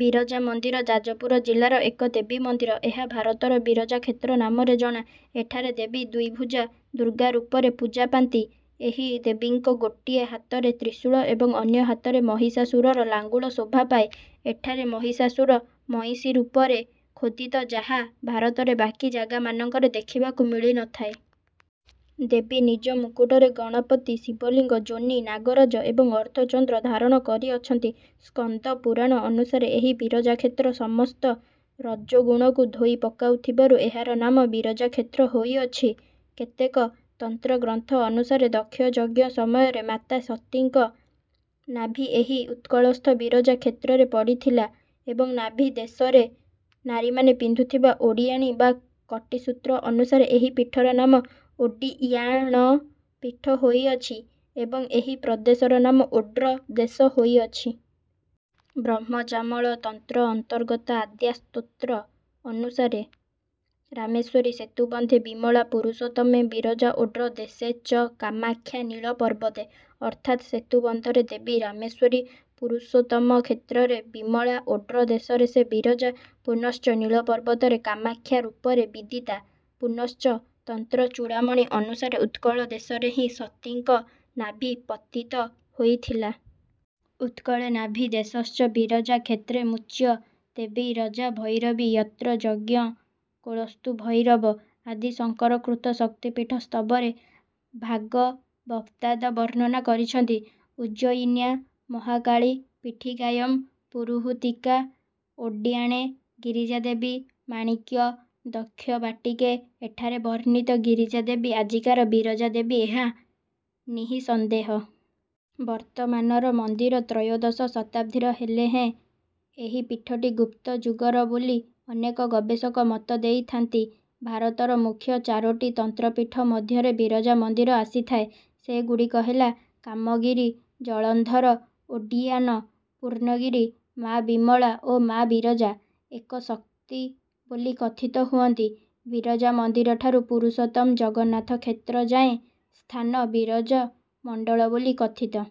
ବିରଜା ମନ୍ଦିର ଯାଜପୁର ଜିଲ୍ଲାର ଏକ ଦେବୀ ମନ୍ଦିର। ଏହା ଭାରତର ବିରଜା କ୍ଷେତ୍ର ନାମରେ ଜଣା। ଏଠାରେ ଦେବୀ ଦ୍ୱିଭୁଜା ଦୁର୍ଗା ରୂପରେ ପୂଜା ପାନ୍ତି। ଏହି ଦେବୀଙ୍କ ଗୋଟିଏ ହାତରେ ତ୍ରିଶୂଳ ଏବଂ ଅନ୍ୟ ହାତରେ ମହିଷାସୁରର ଲାଙ୍ଗୁଳ ଶୋଭା ପାଏ। ଏଠାରେ ମହିଷାସୁର ମଇଁଷି ରୂପରେ ଖୋଦିତ ଯାହା ଭାରତରେ ବାକି ଜାଗାମାନଙ୍କରେ ଦେଖିବାକୁ ମିଳିନଥାଏ। ଦେବୀ ନିଜ ମୁକୁଟରେ ଗଣପତି, ଶିବଲିଙ୍ଗ, ଯୋନି, ନାଗରାଜ ଏବଂ ଅର୍ଦ୍ଧଚନ୍ଦ୍ର ଧାରଣ କରି ଅଛନ୍ତି। ସ୍କନ୍ଦ ପୁରାଣ ଅନୁସାରେ ଏହି ବିରଜା କ୍ଷେତ୍ର ସମସ୍ତ ରଜୋଗୁଣକୁ ଧୋଇ ପକାଉଥିବାରୁ ଏହାର ନାମ ବିରଜା କ୍ଷେତ୍ର ହୋଇଅଛି। କେତେକ ତନ୍ତ୍ର ଗ୍ରନ୍ଥ ଅନୁସାରେ ଦକ୍ଷ ଯଜ୍ଞ ସମୟରେ ମାତା ସତୀଙ୍କ ନାଭି ଏହି ଉତ୍କଳସ୍ଥ ବିରଜା କ୍ଷେତ୍ରରେ ପଡ଼ିଥିଲା ଏବଂ ନାଭି ଦେଶରେ ନାରୀମାନେ ପିନ୍ଧୁଥିବା ଓଡ଼ିଆଣୀ ବା କଟିସୂତ୍ର ଅନୁସାରେ ଏହି ପୀଠର ନାମ ଓଡ୍ଡିୟାଣ ପୀଠ ହୋଇଅଛି, ଏବଂ ଏହି ପ୍ରଦେଶର ନାମ ଓଡ୍ର ଦେଶ ହୋଇଅଛି। ବ୍ରହ୍ମଯାମଳ ତନ୍ତ୍ର ଅନ୍ତର୍ଗତ ଆଦ୍ୟା ସ୍ତୋତ୍ର ଅନୁସାରେ ରାମେଶ୍ୱରୀ ସେତୁବନ୍ଧେ ବିମଳା ପୁରୁଷୋତ୍ତମେ ବିରଜା ଓଡ୍ର ଦେଶେ ଚ କାମାଖ୍ୟା ନୀଳ ପର୍ବତେ ଅର୍ଥାତ୍ ସେତୁବନ୍ଧରେ ଦେବୀ ରାମେଶ୍ୱରୀ, ପୁରୁଷୋତ୍ତମ କ୍ଷେତ୍ରରେ ବିମଳା, ଓଡ୍ର ଦେଶରେ ସେ ବିରଜା, ପୁନଶ୍ଚ ନୀଳପର୍ବତରେ କାମାଖ୍ୟା ରୂପରେ ବିଦିତା। ପୁନଶ୍ଚ ତନ୍ତ୍ର ଚୂଡାମଣି ଅନୁସାରେ ଉତ୍କଳ ଦେଶରେ ହିଁ ସତୀଙ୍କ ନାଭି ପତିତ ହୋଇଥିଲା। ଉତ୍କଳେ ନାଭିଦେଶଶ୍ଚ ବିରଜା କ୍ଷେତ୍ରମୁଚ୍ୟତେବିରଜା ଭୈରବୀ ୟତ୍ର ଯଜ୍ଞକୋଳସ୍ତୁ ଭୈରବ ଆଦି ଶଙ୍କର କୃତ ଶକ୍ତିପୀଠ ସ୍ତବରେ ଭାଗବତ୍ପାଦ ବର୍ଣ୍ଣନା କରିଛନ୍ତି। ଉଜ୍ଜୟିନ୍ୟା ମହାକାଳୀ ପୀଠିକାୟମ୍ ପୁରୁହୁତିକା ଓଡ୍ଡ୍ୟାଣେ ଗିରିଜା ଦେବୀ ମାଣିକ୍ୟ ଦକ୍ଷବାଟିକେ ଏଠାରେ ବର୍ଣ୍ଣିତ ଗିରିଜା ଦେବୀ ଆଜିକାର ବିରଜା ଦେବୀ ଏହା ନିଃସନ୍ଦେହ। ବର୍ତ୍ତମାନର ମନ୍ଦିର ତ୍ରୟୋଦଶ ଶତାବ୍ଦୀର ହେଲେ ହେଁ ଏହି ପୀଠଟି ଗୁପ୍ତ ଯୁଗର ବୋଲି ଅନେକ ଗବେଷକ ମତ ଦେଇଥାନ୍ତି। ଭାରତର ମୁଖ୍ୟ ଚାରୋଟି ତନ୍ତ୍ରପୀଠ ମଧ୍ୟରେ ବିରଜା ମନ୍ଦିର ଆସିଥାଏ, ସେଗୁଡିକ ହେଲା କାମଗିରି, ଜାଳନ୍ଧର, ଓଡ୍ଡୀୟାନ, ପୂର୍ଣ୍ଣଗିରି। ମା ବିମଳା ଓ ମା ବିରଜା ଏକ ଶକ୍ତି ବୋଲି କଥିତ ହୁଅନ୍ତି, ବିରଜାମନ୍ଦିର ଠାରୁ ପୁରୁଷୋତ୍ତମ ଜଗନ୍ନାଥ କ୍ଷେତ୍ର ଯାଏଁ ସ୍ଥାନ ବିରଜମଣ୍ଡଳ ବୋଲି କଥିତ।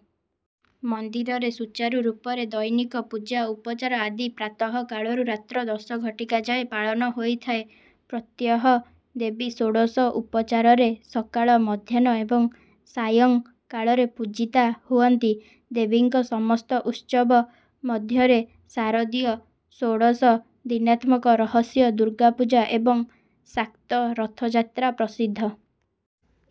ମନ୍ଦିରରେ ସୁଚାରୁ ରୂପରେ ଦୈନିକ ପୁଜା ଉପଚାର ଆଦି ପ୍ରାତଃ କାଳରୁ ରାତ୍ର ଦଶ ଘଟିକା ଯାଏ ପାଳନ ହୋଇଥାଏ। ପ୍ରତ୍ୟହ ଦେବୀ ଷୋଡଶଉପଚାରରେ ସକାଳ, ମଧ୍ୟାହ୍ନ ଏବଂ ସାୟଂ କାଳରେ ପୂଜିତା ହୁଅନ୍ତି। ଦେବୀଙ୍କ ସମସ୍ତ ଉତ୍ସବ ମଧ୍ୟରେ ଶାରଦୀୟ ଷୋଡଶ ଦିନାତ୍ମକ ରହସ୍ୟ ଦୁର୍ଗା ପୂଜା ଏବଂ ଶାକ୍ତ ରଥଯାତ୍ରା ପ୍ରସିଦ୍ଧ।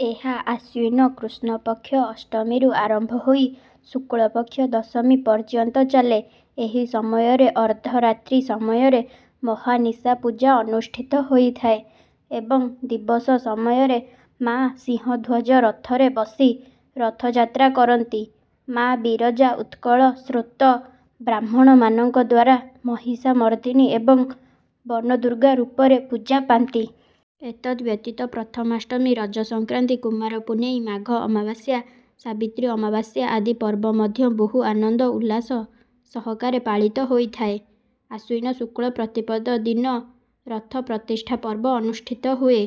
ଏହା ଆଶ୍ୱିନ କୃଷ୍ଣପକ୍ଷ ଅଷ୍ଟମୀରୁ ଆରମ୍ଭ ହୋଇ ଶୁକ୍ଲପକ୍ଷ ଦଶମୀ ପର୍ଯ୍ୟନ୍ତ ଚାଲେ। ଏହି ସମୟରେ ଅର୍ଦ୍ଧରାତ୍ରୀ ସମୟରେ ମହାନିଶା ପୂଜା ଅନୁଷ୍ଠିତ ହୋଇଥାଏ ଏବଂ ଦିବସ ସମୟରେ ମା' ସିଂହଧ୍ୱଜ ରଥରେ ବସି ରଥଯାତ୍ରା କରନ୍ତି। ମା' ବିରଜା ଉତ୍କଳ ଶ୍ରୌତ ବ୍ରାହ୍ମଣମାନଙ୍କଦ୍ୱାରା ମହିଷାମର୍ଦିନୀ ଏବଂ ବନଦୁର୍ଗା ରୂପରେ ପୂଜା ପାନ୍ତି। ଏତଦ୍ ବ୍ୟତୀତ ପ୍ରଥାମାଷ୍ଟମୀ, ରଜ ସଂକ୍ରାନ୍ତି, କୁମାର ପୁନେଇ, ମାଘ ଅମାବାସ୍ୟା, ସାବିତ୍ରୀ ଅମାବାସ୍ୟା ଆଦି ପର୍ବ ମଧ୍ୟ ବହୁ ଆନନ୍ଦ ଉଲ୍ଲାସ ସହକାରେ ପାଳିତ ହୋଇଥାଏ। ଆଶ୍ୱିନ ଶୁକ୍ଳ ପ୍ରତିପଦ ଦିନ ରଥ ପ୍ରତିଷ୍ଠା ପର୍ବ ଅନୁଷ୍ଠିତ ହୁଏ।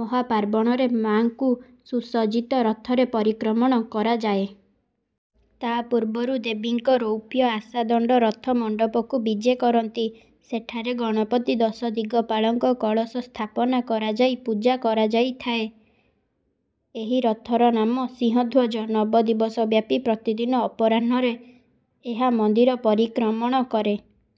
ମହାପାର୍ବଣରେ ମାଙ୍କୁ ସୁସଜ୍ଜିତ ରଥରେ ପରିକ୍ରମଣ କରାଯାଏ। ତା ପୂର୍ବରୁ ଦେବୀଙ୍କ ରୌପ୍ୟ ଆଶାଦଣ୍ଡ ରଥ ମଣ୍ଡପକୁ ବିଜେ କରନ୍ତି। ସେଠାରେ ଗଣପତି ଓ ଦଶଦିଗପାଳଙ୍କ କଳସ ସ୍ଥାପନ କରାଯାଇ ପୂଜା କରାଯାଇଥାଏ। ଏହି ରଥର ନାମ ସିଂହଧ୍ୱଜ। ନବଦିବସ ବ୍ୟାପି ପ୍ରତିଦିନ ଅପରାହ୍ନରେ ଏହା ମନ୍ଦିର ପରିକ୍ରମଣ କରେ।